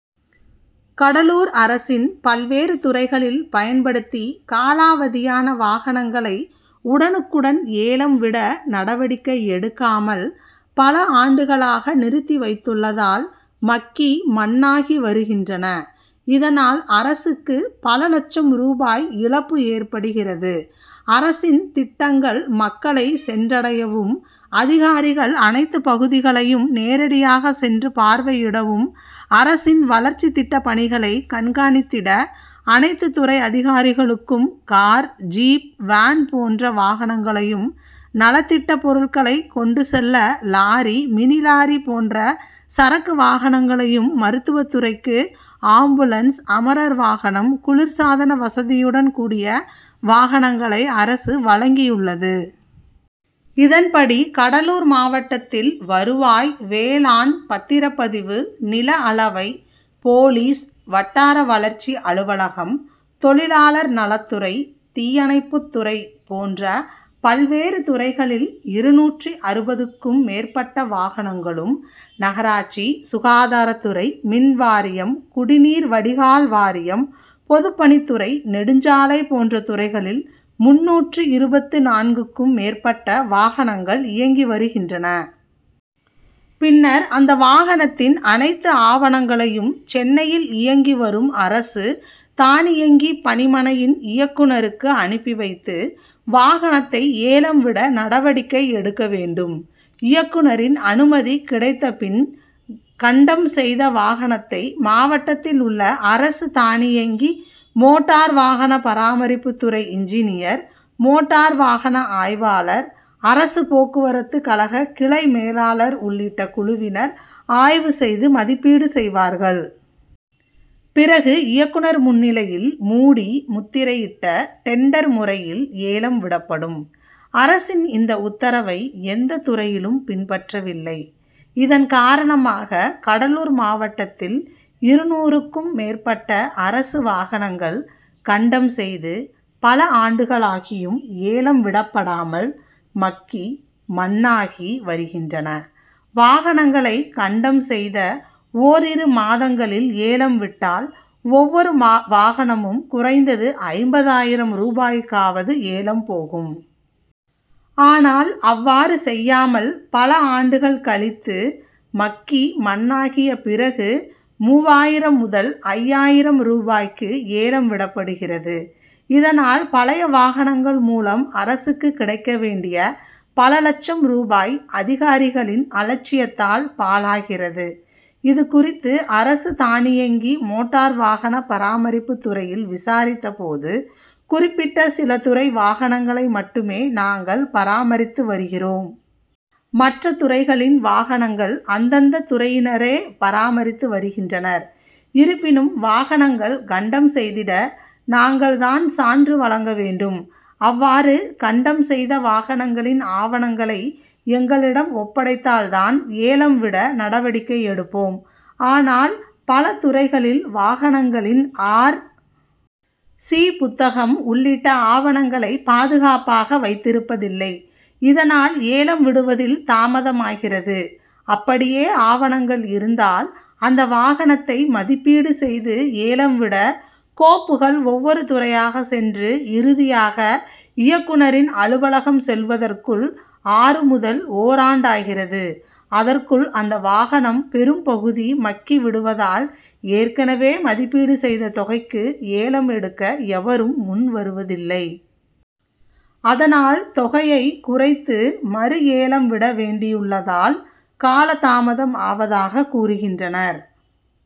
கடலூர் அரசின் பல்வேறு துறைகளில் பயன்படுத்தி காலாவதியான வாகனங்களை உடனுக்குடன் ஏலம் விட நடவடிக்கை எடுக்காமல் பல ஆண்டுகளாக நிறுத்தி வைத்துள் ளதால் மக்கி மண்ணாகி வருகின்றன. இதனால் அரசுக்கு பல லட்சம் ரூபாய் இழப்பு ஏற்படுகிறது. அரசின் திட்டங்கள் மக்களை சென்றடையவும், அதிகாரிகள அனைத்து பகுதிகளையும் நேரடியாக சென்று பார் வையிடவும், அரசின் வளர்ச்சி திட்ட பணிகளை கண்காணித்திட அனைத்து துறை அதிகாரிகளுக்கும் கார், ஜீப், வேன் போன்ற வாகனங்களையும், நலத்திட்ட பொருட்களை கொண்டு செல்ல லாரி, மினிலாரி போன்ற சரக்கு வாகனங்களையும், மருத் துவத் துறைக்கு ஆம்புலன்ஸ், அமரர் வாகனம், குளிர் சாதன வசதியுடன் கூடிய வாகனங்களை அரசு வழங்கியுள்ளது. இதன்படி கடலூர் மாவட்டத்தில் வருவாய், வேளாண், பத்திரப்பதிவு, நில அளவை, போலீஸ், வட்டார வளர்ச்சி அலுவலகம், தொழிலாளர் நலத் துறை, தீயணைப்புத்துறை போன்ற பல்வேறு துறைகளில் இருநூற்று அறுபதுக்கும் மேற்பட்ட வாகனங்களும், நகராட்சி, சுகாதாரத் துறை, மின் வாரியம், குடிநீர் வடிகால் வாரியம், பொதுப்பணித் துறை, நெடுஞ்சாலை போன்ற துறைகளில் முந்நூற்று இருபத்து நான்குக்கும் மேற்பட்ட வாகனங் கள் இயங்கி வருகின்றன. பின்னர் அந்த வாகனத்தின் அனைத்து ஆவணங்களையும் சென்னையில் இயங்கி வரும் அரசு தானியங்கி பணிமனையின் இயக்குனருக்கு அனுப்பி வைத்து வாகனத்தை ஏலம் விட நடவடிக்கை எடுக்க வேண்டும். இயக்குனரின் அனுமதி கிடைத்த பின் கண்டம் செய்த வாகனத்தை மாவட்டத்தில் உள்ள அரசு தானியங்கி மோட்டார் வாகன பராமரிப்பு துறை இன்ஜினியர், மோட்டார் வாகன ஆய்வாளர், அரசு போக்குவரத்து கழக கிளை மேலாளர் உள்ளிட்ட குழுவினர் ஆய்வு செய்து மதிப்பீடு செய்வார்கள். பிறகு இயக்குனர் முன்னிலையில் மூடி முத்திரையிட்ட டெண்டர் முறையில் ஏலம் விடப்படும். அரசின் இந்த உத்தரவை எந்த துறையிலும் பின்பற்றவில்லை. இதன் காரணமாக கடலூர் மாவட்டத்தில் இருநூறுக்கும் மேற்பட்ட அரசு வாகனங்கள் கண்டம் செய்து பல ஆண்டுகளாகியும் ஏலம் விடப்படாமல் மக்கி மண்ணாகி வருகின்றன. வாகனங்களை கண்டம் செய்த ஓரிரு மாதங்களில் ஏலம் விட்டால் ஒவ்வொரு வாகனமும் குறைந்தது ஐம்பதாயிரம் ரூபாய்க்காவது ஏலம் போகும். ஆனால் அவ்வாறு செய்யாமல் பல ஆண்டுகள் கழித்து மக்கி மண்ணாகிய பிறகு மூவாயிரம் முதல் ஐயாயிரம் ரூபாய்க்கு ஏலம் விடப்படுகிறது. இதனால் பழைய வாகனங்கள் மூலம் அரசுக்கு கிடைக்க வேண்டிய பல லட்சம் ரூபாய் அதிகாரிகளின் அலட்சியத்தால் பாழாகிறது. இதுகுறித்து அரசு தானியங்கி மோட்டார் வாகன பராமரிப்பு துறையில் விசாரித்த போது, குறிப்பிட்ட சில துறை வாகனங்களை மட்டுமே நாங்கள் பராமரித்து வருகிறோம். மற்ற துறைகளின் வாகனங்கள் அந்தந்த துறையினரே பராமரித்து வருகின்றனர். இருப்பினும் வாகனங்கள் கண்டம் செய்திட நாங்கள் தான் சான்று வழங்க வேண்டும். அவ்வாறு கண்டம் செய்த வாகனங்களின் ஆவணங்களை எங்களிடம் ஒப்படைத்தால் தான் ஏலம் விட நடவடிக்கை எடுப்போம். ஆனால் பல துறைகளில் வாகனங்களின் ஆர். சி. புத்தகம் உள்ளிட்ட ஆவணங்களை பாதுகாப்பாக வைத்திருப் பதில்லை. இதனால் ஏலம் விடுவதில் தாமதமாகிறது. அப்படியே ஆவணங்கள் இருந்தால் அந்த வாகனத்தை மதிப்பீடு செய்து ஏலம் விட கோப்புகள் ஒவ்வொரு துறையாக சென்று இறுதியாக இயக்குனரின் அலுவலகம் செல்வதற்குள் ஆறு முதல் ஓராண்டாகிறது. அதற்குள் அந்த வாகனம் பெரும் பகுதி மக்கி விடுவதால் ஏற்கனவே மதிப்பீடு செய்த தொகைக்கு ஏலம் எடுக்க எவரும் முன் வருவதில்லை. அதனால் தொகையை குறைத்து மறு ஏலம் விட வேண்டியுள்ளதால காலதாமதம் ஆவதாக கூறுகின்றனர்.